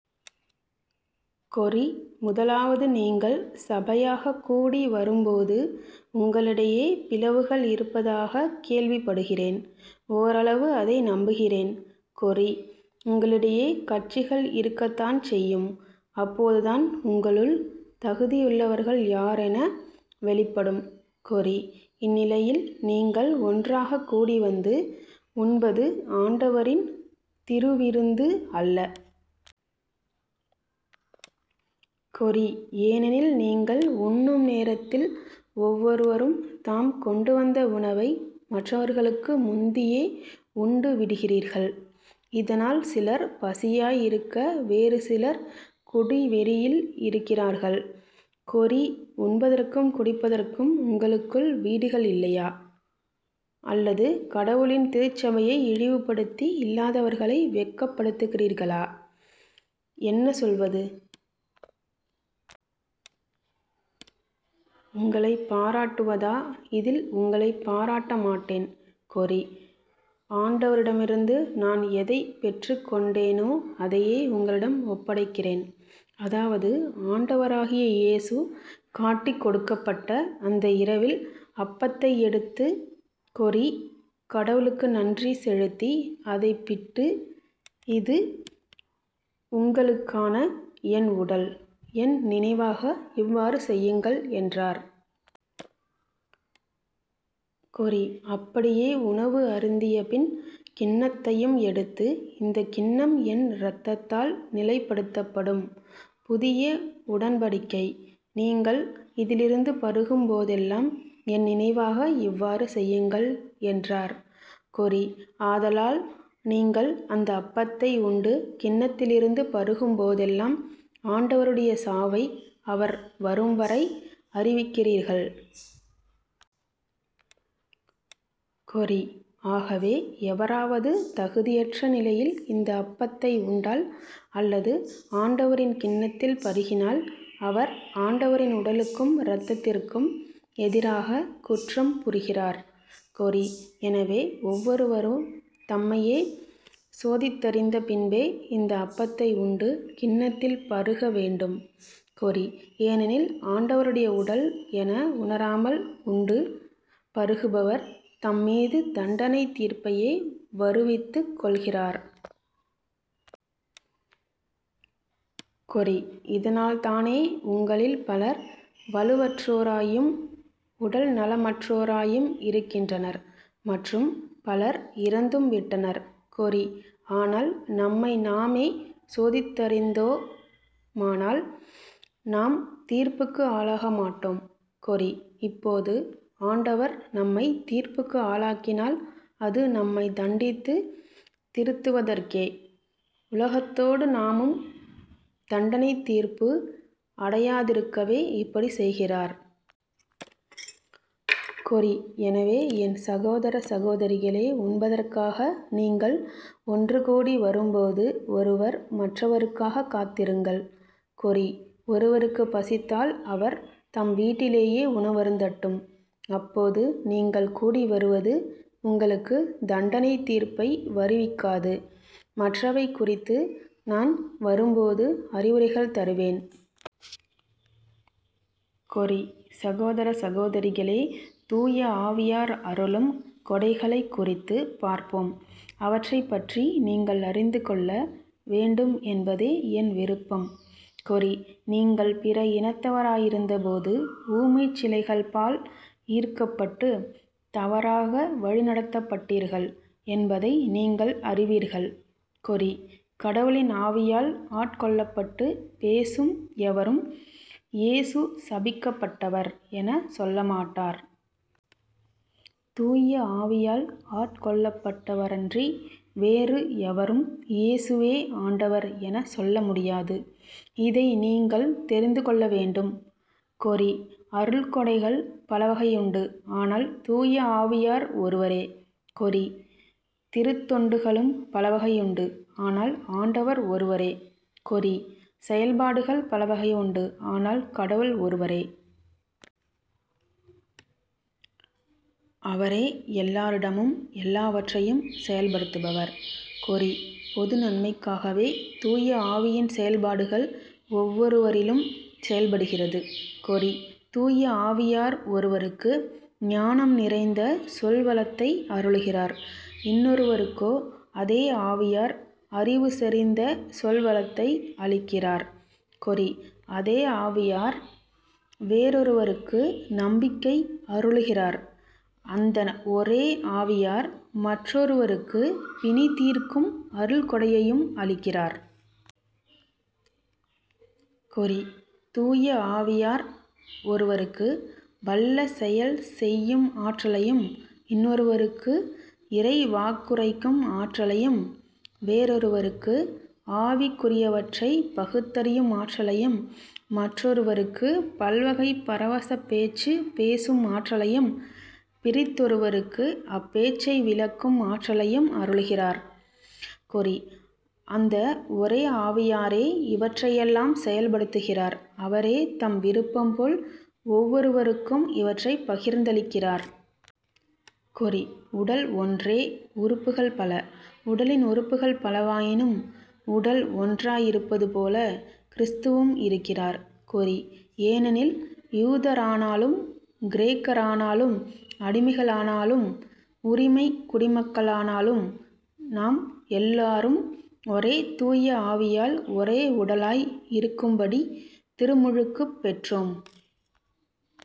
கொரி. முதலாவது நீங்கள் சபையாகக் கூடி வரும்போது உங்களிடையே பிளவுகள் இருப்பதாகக் கேள்விப்படுகிறேன். ஓரளவு அதை நம்புகிறேன். கொரி. உங்களிடையே கட்சிகள் இருக்கத்தான் செய்யும். அப்போதுதான் உங்களுள் தகுதியுள்ளவர்கள் யாரென வெளிப்படும். கொரி. இந்நிலையில் நீங்கள் ஒன்றாகக் கூடி வந்து உண்பது ஆண்டவரின் திருவிருந்து அல்ல. கொரி. ஏனெனில் நீங்கள் உண்ணும் நேரத்தில் ஒவ்வொருவரும் தாம் கொண்டுவந்த உணவை மற்றவர்களுக்கு முந்தியே உண்டுவிடுகிறீர்கள். இதனால் சிலர் பசியாய் இருக்க வேறு சிலர் குடிவெறியில் இருக்கிறார்கள். கொரி. உண்பதற்கும் குடிப்பதற்கும் உங்களுக்கு வீடுகள் இல்லையா? அல்லது கடவுளின் திருச்சபையை இழிவுப்படுத்தி இல்லாதவர்களை வெட்கப்படுத்துகிறீர்களா? என்ன சொல்வது? உங்களைப் பாராட்டுவதா? இதில் உங்களைப் பாராட்ட மாட்டேன். கொரி. ஆண்டவரிடமிருந்து நான் எதைப் பெற்றுக்கொண்டேனோ அதையே உங்களிடம் ஒப்படைக்கிறேன். அதாவது ஆண்டவராகிய இயேசு காட்டிக்கொடுக்கப்பட்ட அந்த இரவில் அப்பத்தை எடுத்து கொரி. கடவுளுக்கு நன்றி செலுத்தி அதைப்பிட்டு "இது உங்களுக்கான என் உடல். என் நினைவாக இவ்வாறு செய்யுங்கள் " என்றார். கொரி. அப்படியே உணவு அருந்தியபின் கிண்ணத்தையும் எடுத்து "இந்தக் கிண்ணம் என் இரத்தத்தால் நிலைப்படுத்தப்படும் புதிய உடன்படிக்கை. நீங்கள் இதிலிருந்து பருகும் போதெல்லாம் என் நினைவாக இவ்வாறு செய்யுங்கள் " என்றார். கொரி. ஆதலால் நீங்கள் அந்த அப்பத்தை உண்டு கிண்ணத்திலிருந்து பருகும் போதெல்லாம் ஆண்டவருடைய சாவை அவர் வரும்வரை அறிவிக்கிறீர்கள். கொரி. ஆகவே எவராவது தகுதியற்ற நிலையில் இந்த அப்பத்தை உண்டால் அல்லது ஆண்டவரின் கிண்ணத்தில் பருகினால் அவர் ஆண்டவரின் உடலுக்கும் இரத்தத்திற்கும் எதிராகக் குற்றம் புரிகிறார். கொரி. எனவே ஒவ்வொருவரும் தம்மையே சோதித்தறிந்த பின்பே இந்த அப்பத்தை உண்டு கிண்ணத்தில் பருக வேண்டும். கொரி. ஏனெனில் ஆண்டவருடைய உடல் என உணராமல் உண்டு பருகுபவர் தம் மீது தண்டனைத் தீர்ப்பையே வருவித்துக் கொள்கிறார். கொரி. இதனால்தானே உங்களில் பலர் வலுவற்றோராயும் உடல்நலமற்றோராயும் இருக்கின்றனர் மற்றும் பலர் இறந்தும் விட்டனர். கொரி. ஆனால் நம்மை நாமே சோதித்தறிந்தோமானால் நாம் தீர்ப்புக்கு ஆளாக மாட்டோ ம். கொரி. இப்போது ஆண்டவர் நம்மைத் தீர்ப்புக்கு ஆளாக்கினால் அது நம்மைத் தண்டித்துத் திருத்துவதற்கே. உலகத்தோடு நாமும் தண்டனைத் தீர்ப்பு அடையாதிருக்கவே இப்படிச் செய்கிறார். கொரி. எனவே என் சகோதர சகோதரிகளே உண்பதற்காக நீங்கள் ஒன்று கூடி வரும்போது ஒருவர் மற்றவருக்காகக் காத்திருங்கள். கொரி. ஒருவருக்குப் பசித்தால் அவர் தம் வீட்டிலேயே உணவருந்தட்டும். அப்போது நீங்கள் கூடிவருவது உங்களுக்குத் தண்டனைத் தீர்ப்பை வருவிக்காது. மற்றவை குறித்து நான் வரும்போது அறிவுரைகள் தருவேன்.. கொரி. சகோதர சகோதரிகளே தூயஆவியார் அருளும் கொடைகளைக் குறித்துப் பார்ப்போம். அவற்றைப் பற்றி நீங்கள் அறிந்து கொள்ள வேண்டும் என்பதே என் விருப்பம். கொரி.. நீங்கள் பிற இனத்தவராயிருந்தபோது ஊமைச் சிலைகள்பால் ஈர்க்கப்பட்டுத் தவறாக வழிநடத்தப்பட்டீர்கள் என்பதை நீங்கள் அறிவீர்கள். கொரி. கடவுளின் ஆவியால் ஆட்கொள்ளப்பட்டுப் பேசும் எவரும் "இயேசு சபிக்கப்பட்டவர் " எனச் சொல்ல மாட்டார். தூய ஆவியால் ஆட்கொள்ளப்பட்டடவரன்றி வேறு எவரும் "இயேசுவே ஆண்டவர் " எனச் சொல்ல முடியாது. இதை நீங்கள் தெரிந்து கொள்ள வேண்டும். கொரி. அருள்கொடைகள் பலவகையுண்டு ஆனால் தூய ஆவியார் ஒருவரே. கொரி. திருத் தொண்டுகளும் பலவகையுண்டு ஆனால் ஆண்டவர் ஒருவரே. கொரி. செயல்பாடுகள் பலவகையுண்டு ஆனால் கடவுள் ஒருவரே. அவரே எல்லாரிடமும் எல்லாவற்றையும் செயல்படுத்துபவர். கொரி. பொது நன்மைக்காகவே தூய ஆவியின் செயல்பாடுகள் ஒவ்வொருவரிலும் செயல்படுகிறது. கொரி. தூய ஆவியார் ஒருவருக்கு ஞானம் நிறைந்த சொல்வளத்தை அருளுகிறார். இன்னொருவருக்கோ அதே ஆவியார் அறிவுசெறிந்த சொல்வளத்தை அளிக்கிறார். கொரி. அதே ஆவியார் வேறொருவருக்கு நம்பிக்கை அருளுகிறார். அந்த ஒரே ஆவியார் மற்றொருவருக்குப் பிணிதீர்க்கும் அருள்கொடையையும் அளிக்கிறார். கொரி. தூயஆவியார் ஒருவருக்கு வல்ல செயல் செய்யும் ஆற்றலையும் இன்னொருவருக்கு இறைவாக்குரைக்கும் ஆற்றலையும் வேறொருவருக்கு ஆவிக்குரியவற்றைப் பகுத்தறியும் ஆற்றலையும் மற்றொருவருக்குப் பல்வகை பரவசப் பேச்சு பேசும் ஆற்றலையும் பிறிதொருவருக்கு அப்பேச்சை விளக்கும் ஆற்றலையும் அருளுகிறார். கொரி. அந்த ஒரே ஆவியாரே இவற்றையெல்லாம் செயல்படுத்துகிறார் அவரே தம் விருப்பம்போல் ஒவ்வொருவருக்கும் இவற்றைப் பகிர்ந்தளிக்கிறார். கொரி. உடல் ஒன்றே உறுப்புகள் பல. உடலின் உறுப்புகள் பலவாயினும் உடல் ஒன்றாயிருப்பதுபோல கிறிஸ்துவும் இருக்கிறார். கொரி. ஏனெனில் யூதரானாலும் கிரேக்கரானாலும் அடிமைகளானாலும் உரிமைக் குடிமக்களானாலும் நாம் எல்லாரும் ஒரே தூய ஆவியால் ஒரே உடலாய் இருக்கும்படி திருமுழுக்குப் பெற்றோம்.